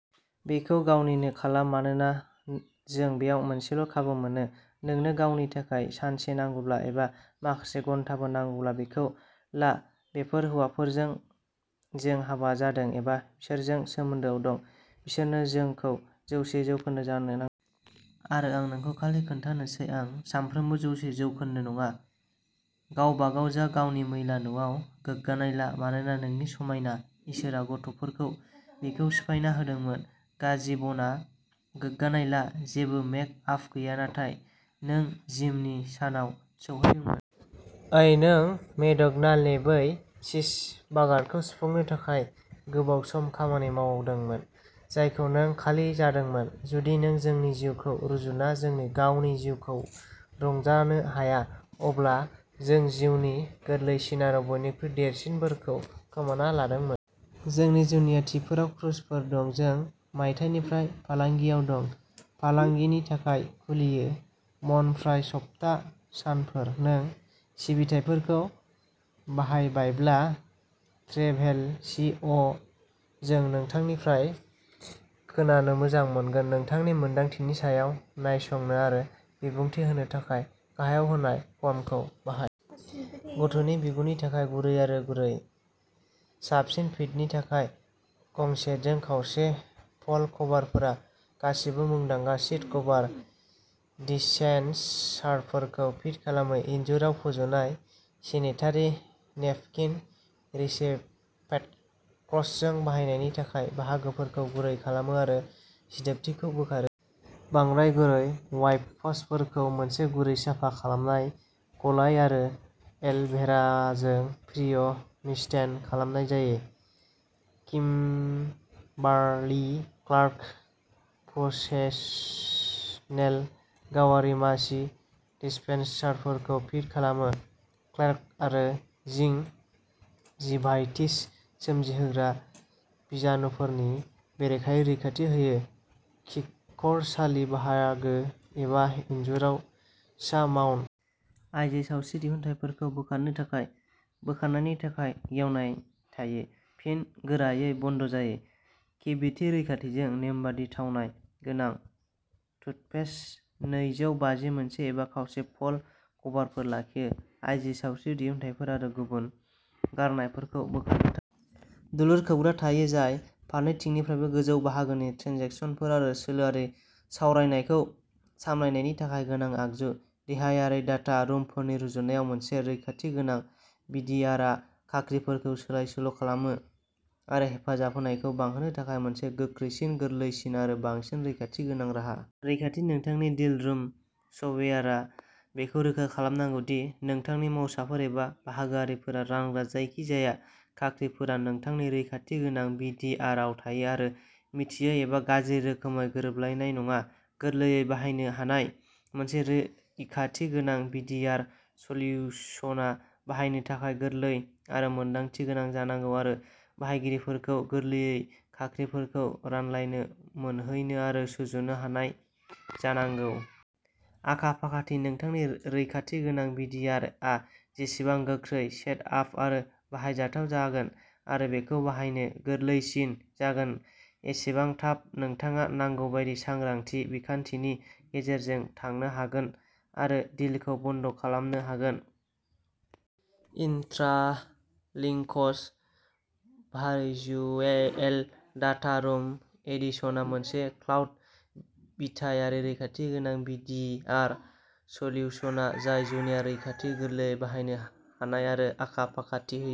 बेखौ गावनिनो खालाम मानोना जों बेयाव मोनसेल' खाबु मोनो नोंनो गावनि थाखाय सानसे नांगौब्ला, एबा माखासे घन्टाबो नांगौब्ला, बेखौ ला बेफोर हौवाफोरजों जों हाबा जादों, एबा बिसोरजों सोमोन्दोआव दं बिसोरनो जोंखौ जौसे जौखोनदो जानो नांगौ। आरो आं नोंनो खालि खोन्थानोसै, आं सानफ्रोमबो जौसे जौखोनदो नङा। गावबागाव जा गावनि मैला न'आव गोग्गानाय ला, मानोना नोंनि समायना, इसोरआ गथ'फोरखौ बेखौ सिफायना होदोंमोन। गाज्रि बनआव गोग्गानाय ला, जेबो मेक आप गैया, नाथाय नों जिमनि सानाव सौहैदोंमोन। ओइ, नों मेकड'नाल्डनि बै चीजबार्गारखौ सुफुंनो थाखाय गोबाव सम खामानि मावदोंमोन, जायखौ नों खालि जादोंमोन। जुदि जों जोंनि जिउखौ रुजुना जोंनि गावनि जिउखौ रंजानो हाया, अब्ला जों जिउनि गोरलैसिन आरो बयनिख्रुइ देरसिन बोरखौ खोमाना लादोंमोन। जोंनि जुनियाथिफोराव क्रुजफोर दं। जों मायथाइनिफ्राय फालांगियाव दं। फालांगिनि थाखाय खुलियो मन फ्राइ सप्ता सानफोर। नों सिबिथाइफोरखौ बाहायबायब्ला। ट्रेभेल सि अ जों नोंथांनिफ्राय खोनानो मोजां मोनगोन नोंथांनि मोन्दांथिनि सायाव नायसंनो आरो बिबुंथि होनो थाखाय गाहायाव होनाय फर्मखौ बाहाय। गथ'नि बिगुरनि थाखाय गुरै आरो गुरै। साबसिन फिटनि थाखाय गसेटजों। खावसे फल्ड कभारफोरा गासिबो मुंदांखा सिट कभार डिस्पेनसारफोरखौ फिट खालामो। इनजुराव फज'नाय सेनेटारि नेपकिन रिसेप्टेकल्सजों बाहायनायनि थाखाय। बाहागोफोरखौ गुरै खालामो आरो सिदोबथिखौ बोखारो। बांद्राय गुरै वाइप्सफोरखौ मोनसे गुरै साफा खालामनाय गलाय आरो एल'भेराजों प्रिम' मिस्टेन खालामनाय जायो। किम्बार्लि क्लार्क प्रफेसनेल गावारि मासि डिस्पेनसारफोरखौ फिट खालामो। प्लेक आरो जिं जिभाइटिस सोमजिहोग्रा बिजानुफोरनि बेरेखायै रैखाथि होयो। खिखरसालि बाहागो एबा इनजुराव सा माउन्ट। आइजो सावस्रि दिहुनथायफोरखौ बोखारनो थाखाय। बोखारनायनि थाखाय गेवनाय थायो, फिन गोरायै बन्द जायो। केभिटि रैखाथिजों नेमबादि थावनाय गोनां टुथपेस्ट। नैजौ बाजि मोनसे एबा खावसे फल्ड कभारफोर लाखियो। आइजो सावस्रि दिहुनथायफोर आरो गुबुन गारनायफोरखौ बोखारनो थाखाय। दुलुर खोबग्रा थायो जाय फारनैथिंनिफ्रायबो गोजौ बाहागोनि ट्रेन्जेकसनफोर आरो सोलोआरि सावरायनायखौ सामलायनायनि थाखाय गोनां आगजु। देहायारि डाटा रुमफोरनि रुजुनायाव, मोनसे रैखाथि गोनां भि डि आर आ खाख्रिफोरखौ सोलाय सोल'खालामनो आरो हेफाजाब होनायखौ बांहोनो थाखाय मोनसे गोख्रैसिन, गोरलैसिन आरो बांसिन रैखाथि गोनां राहा। रैखाथि नोंथांनि डिल रुम सफ्टवेयारआ बेखौ रोखा खालामनांगौ दि नोंथांनि मावसाफोर एबा बाहागोआरिफोरा रानग्रा जायखिजाया खाख्रिफोरा नोंथांनि रैखाथि गोनां भि डि आरआव थायो आरो मिथियै एबा गाज्रि रोखोमै गोरोबलायनाय नङा। गोरलैयै बाहायनो हानाय मोनसे रैखाथि गोनां भि डि आर सलिउसना बाहायनो थाखाय गोरलै आरो मोनदांथि गोनां जानांगौ आरो बाहायगिरिफोरखौ गोरलैयै खाख्रिफोरखौ रानलायनो मोनहैनो आरो सुजुनो हानाय जानांगौ। आखा फाखाथि नोंथांनि रैखाथि गोनां भि डि आर आ जेसेबां गोख्रै सेट आप आरो बाहायजाथाव जागोन आरो बेखौ बाहायनो गोरलैसिन जागोन, एसेबां थाब नोंथाङा नांगौ बायदि सांग्राथि बिखान्थिनि गेजेरजों थांनो हागोन आरो डिलखौ बन्द खालामनो हागोन। इन्ट्रालिंकस भारचुयेएल डाटा रुम एडिशनआ मोनसे क्लाउड बिथायारि रैखाथि गोनां भि डि आर सलिउसना जाय जुनिया रैखाथि, गोरलैयै बाहायनो हानाय आरो आखा फाखाथि होयो।